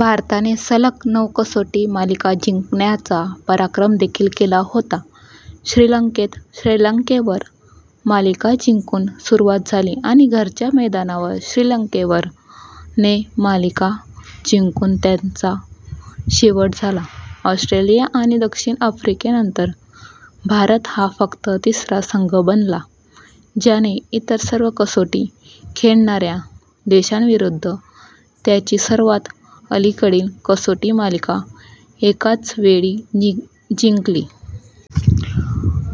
भारताने सलग नऊ कसोटी मालिका जिंकण्याचा पराक्रम देखील केला होता, श्रीलंकेत श्रीलंकेवर - मालिका जिंकून सुरुवात झाली आणि घरच्या मैदानावर श्रीलंकेवर - ने मालिका जिंकून त्याचा शेवट झाला. ऑस्ट्रेलिया आणि दक्षिण आफ्रिकेनंतर भारत हा फक्त तिसरा संघ बनला ज्याने इतर सर्व कसोटी खेळणाऱ्या देशांविरुद्ध त्यांची सर्वात अलीकडील कसोटी मालिका एकाच वेळी जिंकली.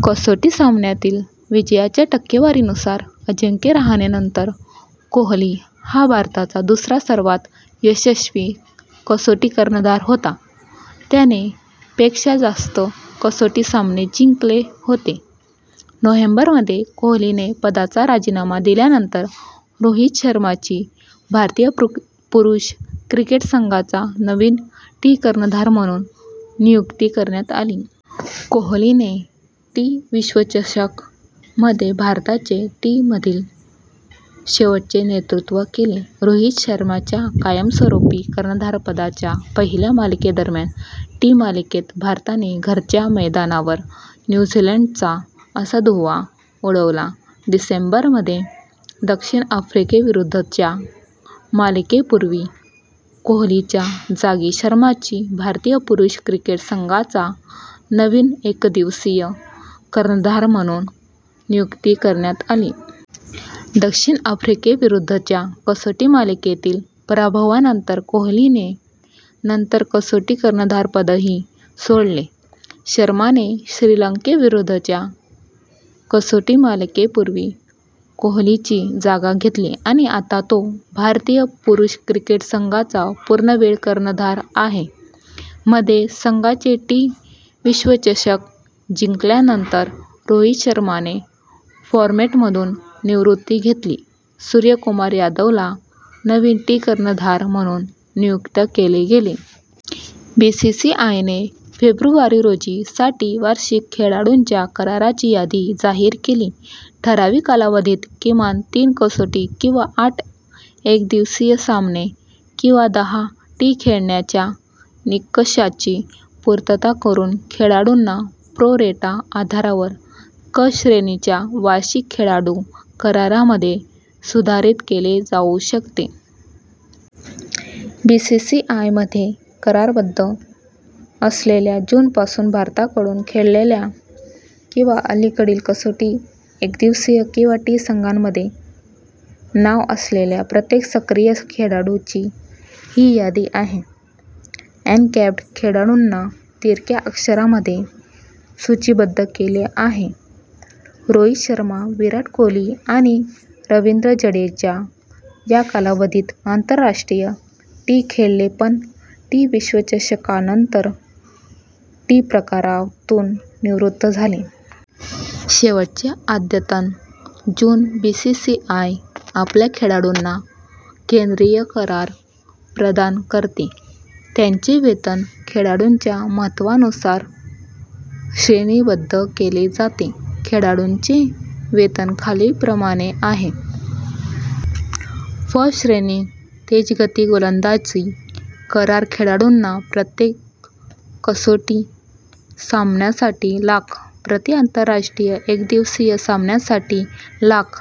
कसोटी सामन्यांतील विजयाच्या टक्केवारीनुसार, अजिंक्य रहाणेनंतर कोहली हा भारताचा दुसरा सर्वात यशस्वी कसोटी कर्णधार होता, त्याने पेक्षा जास्त कसोटी सामने जिंकले होते. नोव्हेंबर मध्ये, कोहलीने पदाचा राजीनामा दिल्यानंतर रोहित शर्माची भारतीय पुरुष क्रिकेट संघाचा नवीन टी कर्णधार म्हणून नियुक्ती करण्यात आली. कोहलीने टी विश्वचषक मध्ये भारताचे टी मधील शेवटचे नेतृत्व केले. रोहित शर्माच्या कायमस्वरूपी कर्णधारपदाच्या पहिल्या मालिकेदरम्यान टी मालिकेत भारताने घरच्या मैदानावर न्यू झीलंडचा - असा धुव्वा उडवला. डिसेंबर मध्ये, दक्षिण आफ्रिकेविरुद्धच्या मालिके पूर्वी कोहलीच्या जागी शर्माची भारतीय पुरुष क्रिकेट संघाचा नवीन एकदिवसीय कर्णधार म्हणून नियुक्ती करण्यात आली. दक्षिण आफ्रिकेविरुद्धच्या कसोटी मालिकेतील पराभवानंतर कोहलीने नंतर कसोटी कर्णधारपदही सोडले. शर्माने श्रीलंकेविरुद्धच्या कसोटी मालिकेपूर्वी कोहलीची जागा घेतली आणि आता तो भारतीय पुरुष क्रिकेट संघाचा पूर्णवेळ कर्णधार आहे. मध्ये, संघाने टी विश्वचषक जिंकल्यानंतर, रोहित शर्माने फॉर्मेटमधून निवृत्ती घेतली, सूर्यकुमार यादवला नवीन टी कर्णधार म्हणून नियुक्त केले गेले. बीसीसीआयने फेब्रुवारी रोजी - साठी वार्षिक खेळाडूंच्या करारांची यादी जाहीर केली. ठराविक कालावधीत किमान तीन कसोटी किंवा आठ एकदिवसीय सामने किंवा दहा टी- खेळण्याच्या निकषांची पूर्तता करून खेळाडूंना प्रो-रेटा आधारावर 'क' श्रेणीच्या वार्षिक खेळाडू करारामध्ये सुधारित केले जाऊ शकते. बीसीसीआयमध्ये करारबद्ध असलेल्या, जून पासून भारताकडून खेळलेल्या किंवा अलीकडील कसोटी, एकदिवसीय किंवा टी संघांमध्ये नाव असलेल्या प्रत्येक सक्रिय खेळाडूची ही यादी आहे. अनकॅप्ड खेळाडूंना तिरक्या अक्षरांमध्ये सूचीबद्ध केले आहे. रोहित शर्मा, विराट कोहली, आणि रवींद्र जडेजा या कालावधीत आंतरराष्ट्रीय टी खेळले पण टी विश्वचषकानंतर टी प्रकारांतून निवृत्त झाले. शेवटचे अद्यतन: जून बीसीसीआय आपल्या खेळाडूंना केंद्रीय करार प्रदान करते, त्यांचे वेतन खेळाडूच्या महत्त्वानुसार श्रेणीबद्ध केले जाते. खेळाडूंचे वेतन खालीलप्रमाणे आहे. फ श्रेणी – तेजगती गोलंदाजी करार खेळाडूंना प्रत्येक कसोटी सामन्यासाठी लाख, प्रति आंतरराष्ट्रीय एकदिवसीय सामन्यासाठी लाख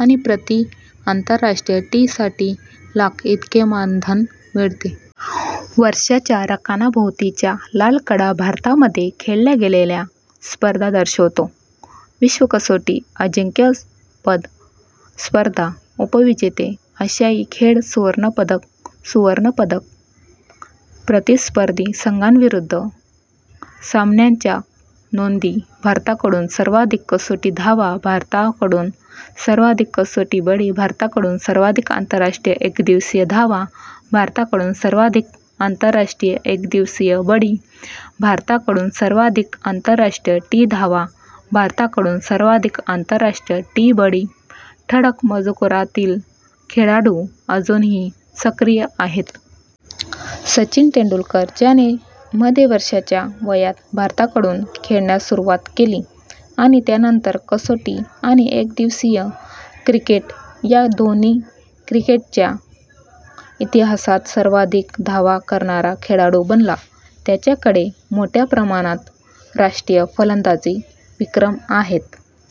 आणि प्रति आंतरराष्ट्रीय टी साठी लाख इतके मानधन मिळते. वर्षाच्या रकान्याभोवतीच्या लाल कडा भारतामध्ये खेळल्या गेलेल्या स्पर्धा दर्शवतो. विश्व कसोटी अजिंक्यपद स्पर्धा: उपविजेते: -,- आशियाई खेळ सुवर्ण पदक: सुवर्ण पदक: प्रतिस्पर्धी संघांविरुद्ध सामन्यांच्या नोंदी भारताकडून सर्वाधिक कसोटी धावा भारताकडून सर्वाधिक कसोटी बळी भारताकडून सर्वाधिक आंतरराष्ट्रीय एकदिवसीय धावा भारताकडून सर्वाधिक आंतरराष्ट्रीय एकदिवसीय बळी भारताकडून सर्वाधिक आंतरराष्ट्रीय टी धावा भारताकडून सर्वाधिक आंतरराष्ट्रीय टी बळी ठळक मजकुरातील खेळाडू अजूनही सक्रिय आहेत. सचिन तेंडुलकर, ज्याने मध्ये वर्षांच्या वयात भारताकडून खेळण्यास सुरुवात केली आणि त्यानंतर कसोटी आणि एकदिवसीय क्रिकेट या दोन्ही क्रिकेटच्या इतिहासात सर्वाधिक धावा करणारा खेळाडू बनला, त्याच्याकडे मोठ्या प्रमाणात राष्ट्रीय फलंदाजी विक्रम आहेत.